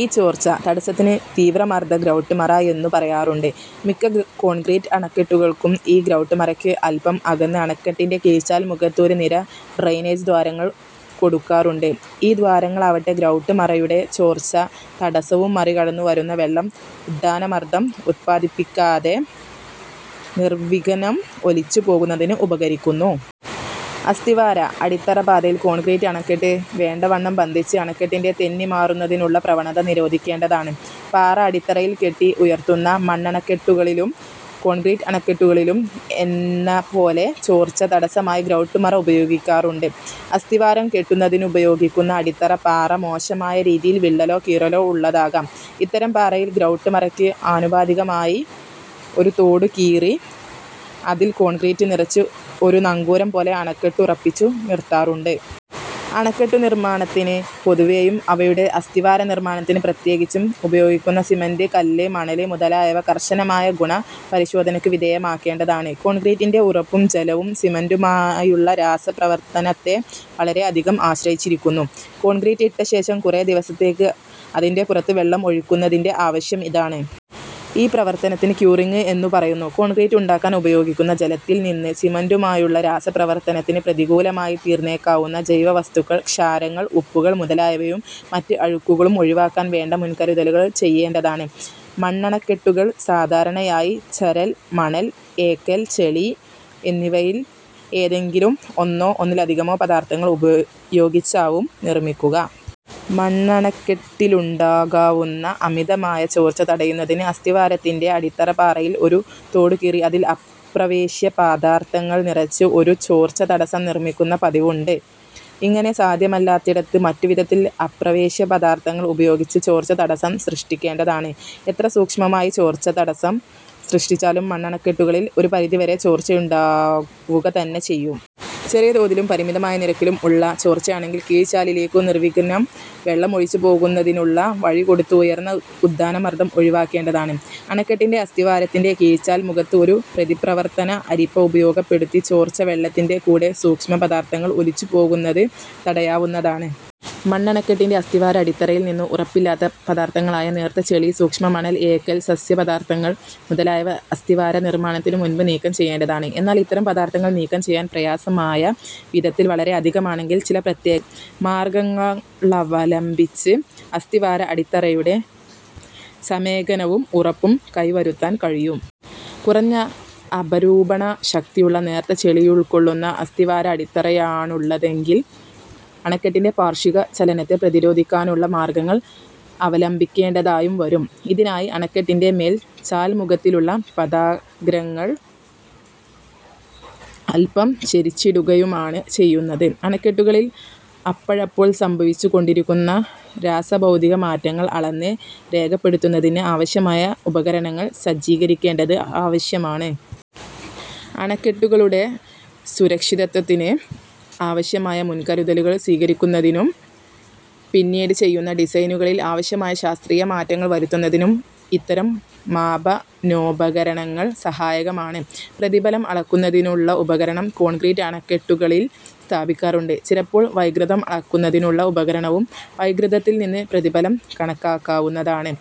ഈ ചോർച്ച-തടസ്സത്തിന് 'തീവ്രമർദഗ്രൌട്ട്മറ' എന്നു പറയാറുണ്ട്. മിക്ക കോൺക്രീറ്റ് അണക്കെട്ടുകൾക്കും ഈ ഗ്രൌട്ട്-മറയ്ക്ക് അല്പം അകന്ന് അണക്കെട്ടിന്റെ കീഴ്ചാൽ മുഖത്ത് ഒരു നിര ഡ്രെയിനേജ് ദ്വാരങ്ങൾ കൊടുക്കാറുണ്ട്. ഈ ദ്വാരങ്ങളാവട്ടെ ഗ്രൌട്ട്-മറയുടെ ചോർച്ച-തടസ്സവും മറികടന്നു വരുന്ന വെള്ളം ഉത്ഥാന മർദ്ദം ഉത്പാദിപ്പിക്കാതെ നിർവിഘ്നം ഒലിച്ചു പോകുന്നതിന് ഉപകരിക്കുന്നു. അസ്ഥിവാര-അടിത്തറ പാറയിൽ കോൺക്രീറ്റ് അണക്കെട്ട് വേണ്ടവണ്ണം ബന്ധിച്ച് അണക്കെട്ടിന്റെ 'തെന്നിമാറുന്നതിനുള്ള പ്രവണത' നിരോധിക്കേണ്ടതാണ്. പാറ അടിത്തറയിൽ കെട്ടി ഉയർത്തുന്ന മണ്ണണക്കെട്ടുകളിലും കോൺക്രീറ്റ് അണക്കെട്ടുകളിൽ എന്നപോലെ ചോർച്ച-തടസ്സമായി ഗ്രൌട്ടു-മറ ഉപയോഗിക്കാറുണ്ട്. അസ്ഥിവാരം കെട്ടുന്നതിനുപയോഗിക്കുന്ന അടിത്തറ പാറ മോശമായ രീതിയിൽ വിള്ളലോ കീറലോ ഉള്ളതാകാം. ഇത്തരം പാറയിൽ ഗ്രൌട്ട്-മറയ്ക്ക് ആനുപാതികമായി ഒരു തോടു കീറി അതിൽ കോൺക്രീറ്റ് നിറച്ച് ഒരു നങ്കൂരം പോലെ അണക്കെട്ടുറപ്പിച്ചു നിർത്താറുണ്ട്. അണക്കെട്ടു നിർമ്മാണത്തിന് പൊതുവെയും അവയുടെ അസ്ഥിവാര നിർമ്മാണത്തിന് പ്രത്യേകിച്ചും ഉപയോഗിക്കുന്ന സിമന്റ്, കല്ല്, മണല് മുതലായവ കർശനമായ ഗുണ പരിശോധനയ്ക്ക് വിധേയമാക്കേണ്ടതാണ്. കോൺക്രീറ്റിന്റെ ഉറപ്പ് ജലവും സിമന്റുമായുള്ള രാസ പ്രവർത്തനത്തെ വളരെ അധികം ആശ്രയിച്ചിരിക്കുന്നു. കോൺക്രീറ്റ് ഇട്ട ശേഷം കുറേ ദിവസത്തേക്ക് അതിന്റെ പുറത്ത് വെള്ളം ഒഴിയ്ക്കുന്നതിന്റെ ആവശ്യം ഇതാണ്. ഈ പ്രവർത്തനത്തിന് ക്യൂറിങ്ങ് എന്നു പറയുന്നു. കോൺക്രീറ്റ് ഉണ്ടാക്കാൻ ഉപയോഗിക്കുന്ന ജലത്തിൽ നിന്ന് സിമന്റുമായുള്ള രാസ പ്രവർത്തനത്തിന് പ്രതികൂലമായി തീർന്നേക്കാവുന്ന ജൈവ വസ്തുക്കൾ, ക്ഷാരങ്ങൾ, ഉപ്പുകൾ മുതലായവയും മറ്റ് അഴുക്കുകളും ഒഴിവാക്കാൻ വേണ്ട മുൻകരുതലുകൾ ചെയ്യേണ്ടതാണ്. മണ്ണണക്കെട്ടുകൾ സാധാരണയായി ചരൽ, മണൽ, എക്കൽ, ചെളി എന്നിവയിൽ ഏതെങ്കിലും ഒന്നോ ഒന്നിലധികമൊ പദാർഥങ്ങൾ ഉപയോഗിച്ചാവും നിർമ്മിക്കുക. മണ്ണണക്കെട്ടിലുണ്ടാകാവുന്ന അമിതമായ ചോർച്ച തടയുന്നതിന് അസ്ഥിവാരത്തിന്റെ അടിത്തറ പാറയിൽ ഒരു തോടു കീറി അതിൽ അപ്രവേശ്യ പദാർഥങ്ങൾ നിറച്ച് ഒരു ചോർച്ച തടസ്സം നിർമ്മിക്കുന്ന പതിവുണ്ട്. ഇങ്ങനെ സാധ്യമല്ലാത്തിടത്ത് മറ്റു വിധത്തിൽ അപ്രവേശ്യ പദാർഥങ്ങൾ ഉപയോഗിച്ച് ചോർച്ച തടസ്സം സൃഷ്ടിക്കേണ്ടതാണ്. എത്ര സൂക്ഷ്മമായി ചോർച്ച-തടസ്സം സൃഷ്ടിച്ചാലും മണ്ണണക്കെട്ടുകളിൽ ഒരു പരിധി വരെ ചോർച്ചയുണ്ടാവുക തന്നെ ചെയ്യും. ചെറിയ തോതിലും പരിമിതമായ നിരക്കിലും ഉള്ള ചോർച്ചയാണെങ്കിൽ കീഴ്ചാലിലേക്കു നിർവിഘ്നം വെള്ളം ഒലിച്ചു പോകുന്നതിനുള്ള വഴി കൊടുത്ത് ഉയർന്ന ഉത്ഥാന മർദ്ദം ഒഴിവാക്കേണ്ടതാണ്. അണക്കെട്ടിന്റെ അസ്ഥിവാരത്തിന്റെ കീഴ്ചാൽ മുഖത്ത് ഒരു പ്രതിപ്രവർത്തന അരിപ്പ ഉപയോഗപ്പെടുത്തി ചോർച്ച വെള്ളത്തിന്റെ കൂടെ സൂക്ഷ്മ പദാർഥങ്ങൾ ഒലിച്ചു പോകുന്നത് തടയാവുന്നതാണ്. മണ്ണണക്കെട്ടിന്റെ അസ്ഥിവാര അടിത്തറയിൽ നിന്ന് ഉറപ്പില്ലാത്ത പദാർഥങ്ങളായ നേർത്ത ചെളി, സൂക്ഷ്മ മണൽ, എക്കൽ, സസ്യ പദാർഥങ്ങൾ മുതലായവ അസ്ഥിവാര നിർമ്മാണത്തിനു മുൻപ് നീക്കം ചെയ്യേണ്ടതാണ്. എന്നാൽ ഇത്തരം പദാർഥങ്ങൾ നീക്കം ചെയ്യാൻ പ്രയാസമായ വിധത്തിൽ വളരെ അധികമാണെങ്കിൽ, ചില പ്രത്യേക മാർഗ്ഗങ്ങളവലംബിച്ച് അസ്ഥിവാര-അടിത്തറയുടെ സമേകനവും ഉറപ്പും കൈവരുത്താൻ കഴിയും. കുറഞ്ഞ അപരൂപണ ശക്തിയുള്ള നേർത്ത ചെളിയുൾക്കൊള്ളുന്ന അസ്ഥിവാര-അടിത്തറയാണുള്ളതെങ്കിൽ അണക്കെട്ടിന്റെ പാർശ്വിക ചലനത്തെ പ്രതിരോധിക്കാനുള്ള മാർഗ്ഗങ്ങൾ അവലംബിക്കേണ്ടതായും വരും. ഇതിനായി അണക്കെട്ടിന്റെ മേൽ ചാൽമുഖത്തിലുള്ള പാദാഗ്രങ്ങൾ അല്പം ചരിച്ചിടുകയുമാണ് ചെയ്യുന്നത്. അണക്കെട്ടുകളിൽ അപ്പഴപ്പോൾ സംഭവിച്ചു കൊണ്ടിരിക്കുന്ന രാസഭൌതിക മാറ്റങ്ങൾ അളന്ന് രേഖപ്പെടുത്തുന്നതിന് ആവശ്യമായ ഉപകരണങ്ങൾ സജ്ജീകരിക്കേണ്ടത് ആവശ്യമാണ്. അണക്കെട്ടുകളുടെ സുരക്ഷിതത്വത്തിന് ആവശ്യമായ മുൻകരുതലുകൾ സ്വീകരിക്കുന്നതിനും, പിന്നീട് ചെയ്യുന്ന ഡിസൈനുകളിൽ ആവശ്യമായ ശാസ്ത്രീയ മാറ്റങ്ങൾ വരുത്തുന്നതിനും ഇത്തരം മാപനോപകരണങ്ങൾ സഹായകങ്ങളാണ്. പ്രതിബലം അളക്കുന്നതിനുള്ള ഉപകരണം കോൺക്രീറ്റ് അണക്കെട്ടുകളിൽ സ്ഥാപിക്കാറുണ്ട്. ചിലപ്പോൾ വൈകൃതം അളക്കുന്നതിനുള്ള ഉപകരണവും; വൈകൃതത്തിൽ നിന്ന് പ്രതിബലം കണക്കാക്കാവുന്നതാണ്.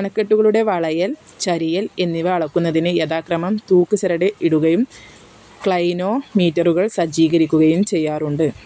അണക്കെട്ടുകളുടെ വളയൽ, ചരിയൽ എന്നിവ അളക്കുന്നതിന് യഥാക്രമം തൂക്ക്ചരട് ഇടുകയും ക്ളൈനോ മീറ്ററുകൾ സജ്ജീകരിക്കുകയും ചെയ്യാറുണ്ട്.